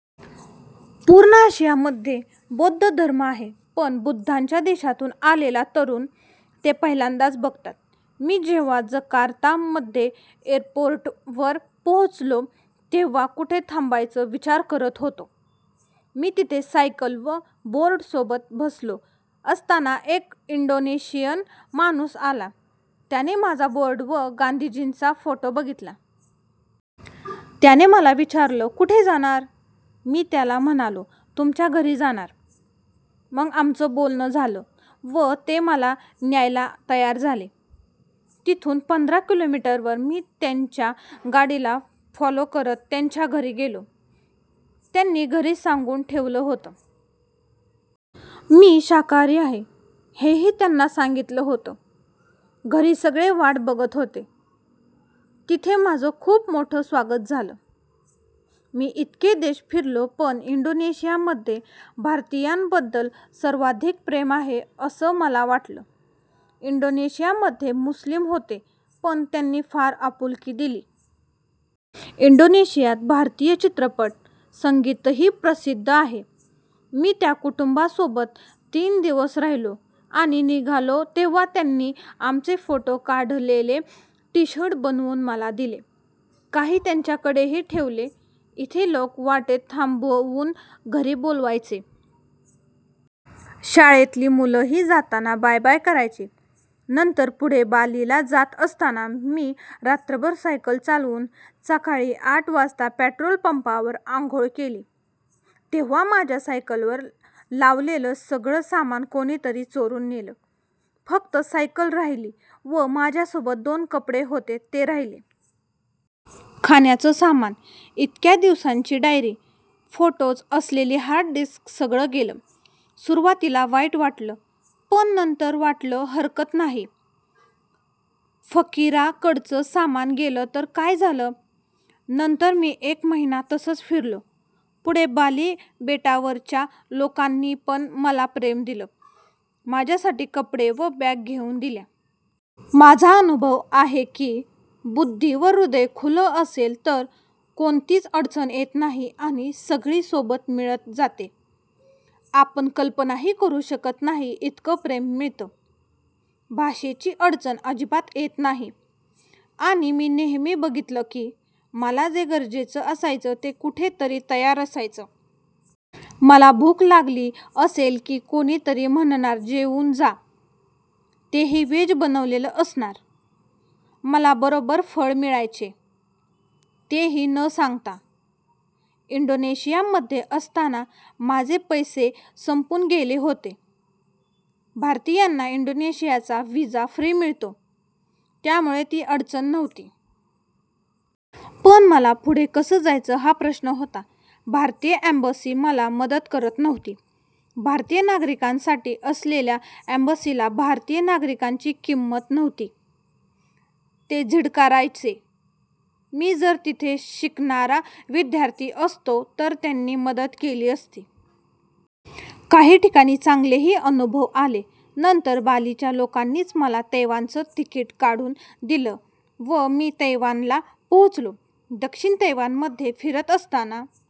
पूर्ण आशियामध्ये बौद्ध धर्म आहे, पण बुद्धांच्या देशातून आलेला तरुण ते पहिल्यांदाच बघतात. मी जेव्हा जकार्तामध्ये एअरपोर्टवर पोहोचलो, तेव्हा कुठे थांबायचं विचार करत होतो. मी तिथे सायकल व बोर्डसोबत बसलो असताना एक इंडोनेशियन माणूस आला, त्याने माझा बोर्ड व गांधीजींचा फोटो बघितला. त्याने मला विचारलं कुठे जाणार? मी त्याला म्हणालो तुमच्या घरी जाणार. मग आमचं बोलणं झालं व ते मला न्यायला तयार झाले. तिथून पंधरा किलोमीटरवर मी त्यांच्या गाडीला फॉलो करत त्यांच्या घरी गेलो. त्यांनी घरी सांगून ठेवलं होतं. मी शाकाहारी आहे, हेही त्यांना सांगितलं होतं. घरी सगळे वाट बघत होते. तिथे माझं खूप मोठं स्वागत झालं. मी इतके देश फिरलो पण इंडोनेशियामध्ये भारतीयांबद्दल सर्वाधिक प्रेम आहे असं मला वाटलं. इंडोनेशियामध्ये मुस्लीम होते पण त्यांनी फार आपुलकी दिली. इंडोनेशियात भारतीय चित्रपट, संगीतही प्रसिद्ध आहे. मी त्या कुटुंबासोबत तीन दिवस राहिलो आणि निघालो तेव्हा त्यांनी आमचे फोटो काढलेले टी शर्ट बनवून मला दिले. काही त्यांच्याकडेही ठेवले. इथे लोक वाटेत थांबवून घरी बोलवायचे. शाळेतली मुलंही जाताना बाय बाय करायची. नंतर पुढे बालीला जात असताना मी रात्रभर सायकल चालवून सकाळी आठ वाजता पेट्रोलपंपावर आंघोळ केली. तेव्हा माझ्या सायकलवर लावलेलं सगळं सामान कोणी तरी चोरून नेलं. फक्त सायकल राहिली व माझ्यासोबत दोन कपडे होते ते राहिले. खाण्याचं सामान, इतक्या दिवसांची डायरी, फोटोज असलेली हार्ड डिस्क सगळं गेलं. सुरुवातीला वाईट वाटलं, पण नंतर वाटलं हरकत नाही. फकिराकडचं सामान गेलं तर काय झालं. नंतर मी एक महिना तसंच फिरलो. पुढे बाली बेटावरच्या लोकांनीपण मला प्रेम दिलं, माझ्यासाठी कपडे व बॅग घेऊन दिल्या. माझा अनुभव आहे की, बुद्धी व हृदय खुलं असेल तर कोणतीच अडचण येत नाही आणि सगळी सोबत मिळत जाते. आपण कल्पनाही करू शकत नाही इतकं प्रेम मिळतं. भाषेची अडचण अजिबात येत नाही. आणि मी नेहमी बघितलं की, मला जे गरजेचं असायचं ते कुठे तरी तयार असायचं. मला भूक लागली असेल की कोणी तरी म्हणणार जेवून जा. तेही व्हेज बनवलेलं असणार. मला बरोबर फळं मिळायचे. तेही न सांगता. इंडोनेशियामध्ये असताना माझे पैसे संपून गेले होते. भारतीयांना इंडोनेशियाचा व्हिसा फ्री मिळतो, त्यामुळे ती अडचण नव्हती. पण मला पुढे कसं जायचं हा प्रश्न होता. भारतीय एंबसी मला मदत करत नव्हती. भारतीय नागरिकांसाठी असलेल्या एंबसीला भारतीय नागरिकाची किंमत नव्हती. ते झिडकारायचे. मी जर तिथे शिकणारा विद्यार्थी असतो तर त्यांनी मदत केली असती. काही ठिकाणी चांगलेही अनुभव आले. नंतर बालीच्या लोकांनीच मला तैवानचं तिकीट काढून दिलं व मी तैवानला पोहोचलो. दक्षिण तैवानमध्ये फिरत असताना